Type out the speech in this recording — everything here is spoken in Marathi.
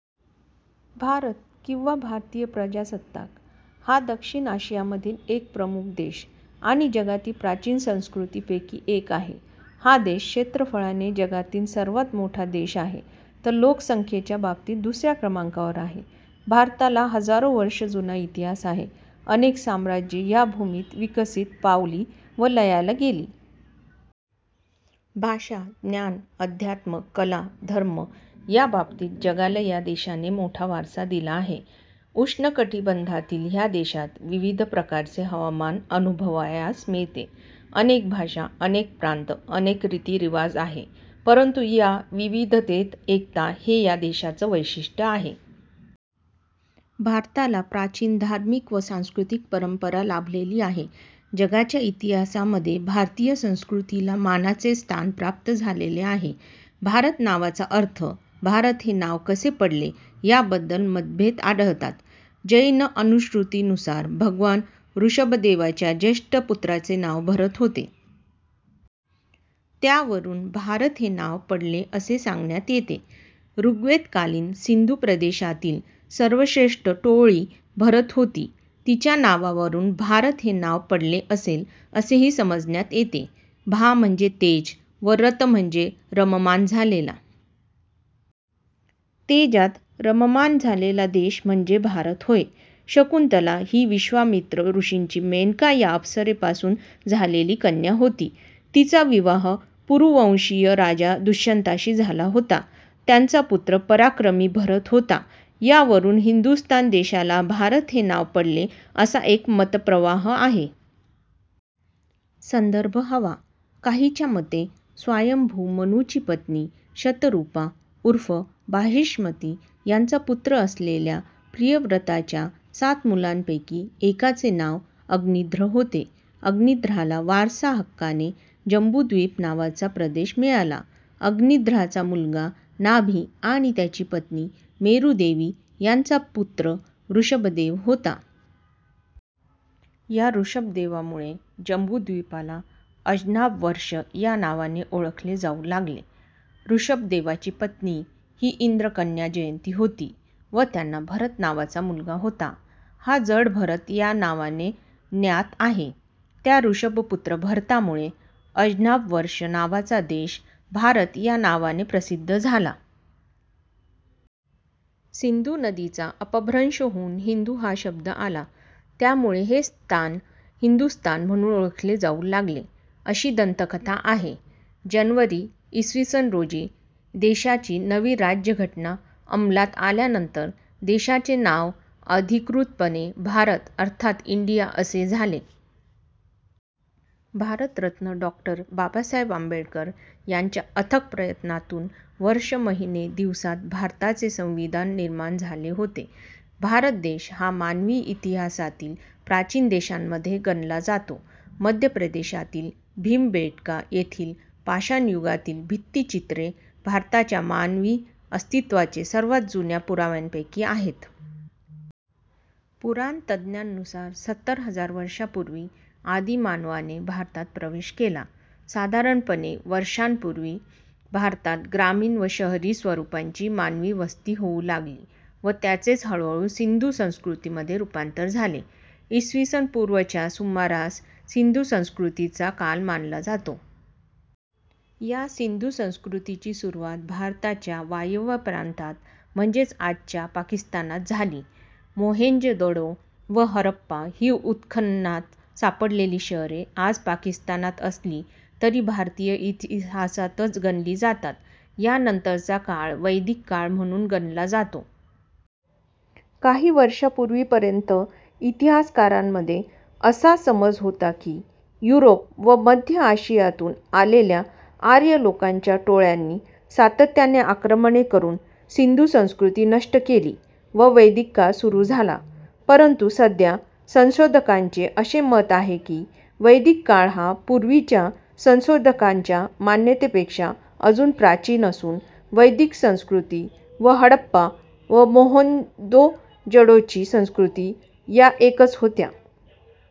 भारत किंवा भारतीय प्रजासत्ताक हा दक्षिण आशियामधील एक प्रमुख देश आणि जगातील प्राचीन संस्कृतींपैकी एक आहे. हा देश क्षेत्रफळाने जगातील सर्वांत मोठा देश आहे तर लोकसंख्येच्या बाबतीत दुसऱ्या क्रमांकावर आहे. भारताला हजारो वर्षे जुना इतिहास आहे, अनेक साम्राज्ये या भूमीत विकसित पावली व लयाला गेली. भाषा, ज्ञान, अध्यात्म, कला, धर्म या बाबतीत जगाला या देशाने मोठा वारसा दिला आहे. उष्ण कटिबंधातील ह्या देशात विविध प्रकारचे हवामान अनुभवायास मिळते. अनेक भाषा, अनेक प्रांत, अनेक रितीरिवाज आहे परंतु या विविधतेत एकता हे या देशाचे वैशिष्ट्य आहे. भारताला प्राचीन धार्मिक व सांस्कृतिक परंपरा लाभलेली आहे जगाच्या इतिहासामध्ये भारतीय संस्कृतीला मानाचे स्थान प्राप्त झालेले आहे. ' भारत नावाचा अर्थ ' भारत हे नाव कसे पडले याबद्धल मतभेद आढळतात. जैन अनुश्रुतिनुसार भगवान ॠषभदेवाच्या ज्येष्ठ पुत्राचे नाव भरत होते. त्यावरून भारत हे नाव पडले असे सांगण्यात येते. ॠग्वेदकालीन सिंधू प्रदेशातील सर्वश्रेष्ठ टोळी भरत होती. तिच्या नावावरून भारत हे नाव पडले असेल असेही समजण्यात येते. 'भा' म्हणजे तेज व 'रत' म्हणजे रममाण झालेला. तेजात रममाण झालेला देश म्हणजे भारत होय. शकुंतला ही विश्वामित्र ऋषींची मेनका या अप्सरेपासून झालेली कन्या होती. तिचा विवाह पुरुवंशीय राजा दुष्यंताशी झाला होता. त्यांचा पुत्र पराक्रमी भरत होता. यावरून हिंदुस्थान देशाला भारत हे नाव पडले असा एक मतप्रवाह आहे. संदर्भ हवा काहीच्या मते स्वायंभुव मनूची पत्नी शतरूपा ऊर्फ बार्हिष्मती यांचा पुत्र असलेल्या प्रियव्रताच्या सात मुलांपैकी एकाचे नांव अग्निध्र होते. अग्निध्राला वारसाहक्काने जंबूद्वीप नावाचा प्रदेश मिळाला. अग्निध्राचा मुलगा नाभि आणि त्याची पत्नी मेरुदेवी यांचा पुत्र ऋषभदेव होता. या ऋषभदेवामुळे जंबूद्वीपाला अजनाभवर्ष या नावाने ओळखले जाऊ लागले. ऋषभदेवाची पत्नी ही इंद्रकन्या जयंती होती व त्यांना भरत नावाचा मुलगा होता. हा जडभरत या नावाने ज्ञात आहे. त्या ऋषभपुत्र भरतामुळे अजनाभवर्ष नावाचा देश भारत या नावाने प्रसिद्ध झाला. सिंधू नदीचा अपभ्रंश होऊन हिंदू हा शब्द आला. त्यामुळे हे स्थान हिंदुस्थान म्हणून ओळखले जाऊ लागले. अशी दंतकथा आहे. जानेवारी, इ. स. रोजी देशाची नवी राज्यघटना अंमलात आल्यानंतर देशाचे नाव अधिकृतपणे 'भारत' अर्थात इंडिया असे झाले. भारतरत्न डॉ. बाबासाहेब आंबेडकर यांच्या अथक प्रयत्नातून वर्षे महिने दिवसात भारताचे संविधान निर्माण झाले होते. भारत देश हा मानवी इतिहासातील प्राचीन देशांमध्ये गणला जातो. मध्यप्रदेशातील भीमबेटका येथील पाषाणयुगातील भित्तीचित्रे भारताच्या मानवी अस्तित्त्वाचे सर्वांत जुन्या पुराव्यांपैकी आहेत. पुराणतज्ञांनुसार, सत्तर हजार वर्षांपूर्वी आदिमानवाने भारतात प्रवेश केला. साधारणपणे वर्षांपूर्वी भारतात ग्रामीण व शहरी स्वरूपांची मानवी वस्ती होऊ लागली व त्याचेच हळूहळू सिंधू संस्कृतीमध्ये. रूपांतर झाले. इसवीसन पूर्व च्या सुमारास सिंधू संस्कृतीचा काल मानला जातो. या सिंधू संस्कृतीची सुरुवात भारताच्या वायव्य प्रांतात म्हणजेच आजच्या पाकिस्ताना त झाली. मोहेंजोदडो व हरप्पा ही उत्खननात सापडलेली शहरे आज पाकिस्तानात असली तरी भारतीय इतिहासातच गणली जातात. यानंतरचा काळ वैदिक काळ म्हणून गणला जातो. काही वर्षांपूर्वीपर्यंत इतिहासकारांमध्ये असा समज होता की युरोप व मध्य अशियातून आलेल्या आर्य लोकांच्या टोळ्यांनी सातत्याने आक्रमणे करून सिंधू संस्कृती नष्ट केली व वैदिक काळ सूरू झाला. परंतु सध्या संशोधकांचे असे मत आहे की वैदिक काळ हा पूर्वीच्या संशोधकांच्या मान्यतेपेक्षा अजून प्राचीन असून वैदिक संस्कृती व हडाप्पा व मोहोंदोजडोची संस्कृती या एकच होत्या.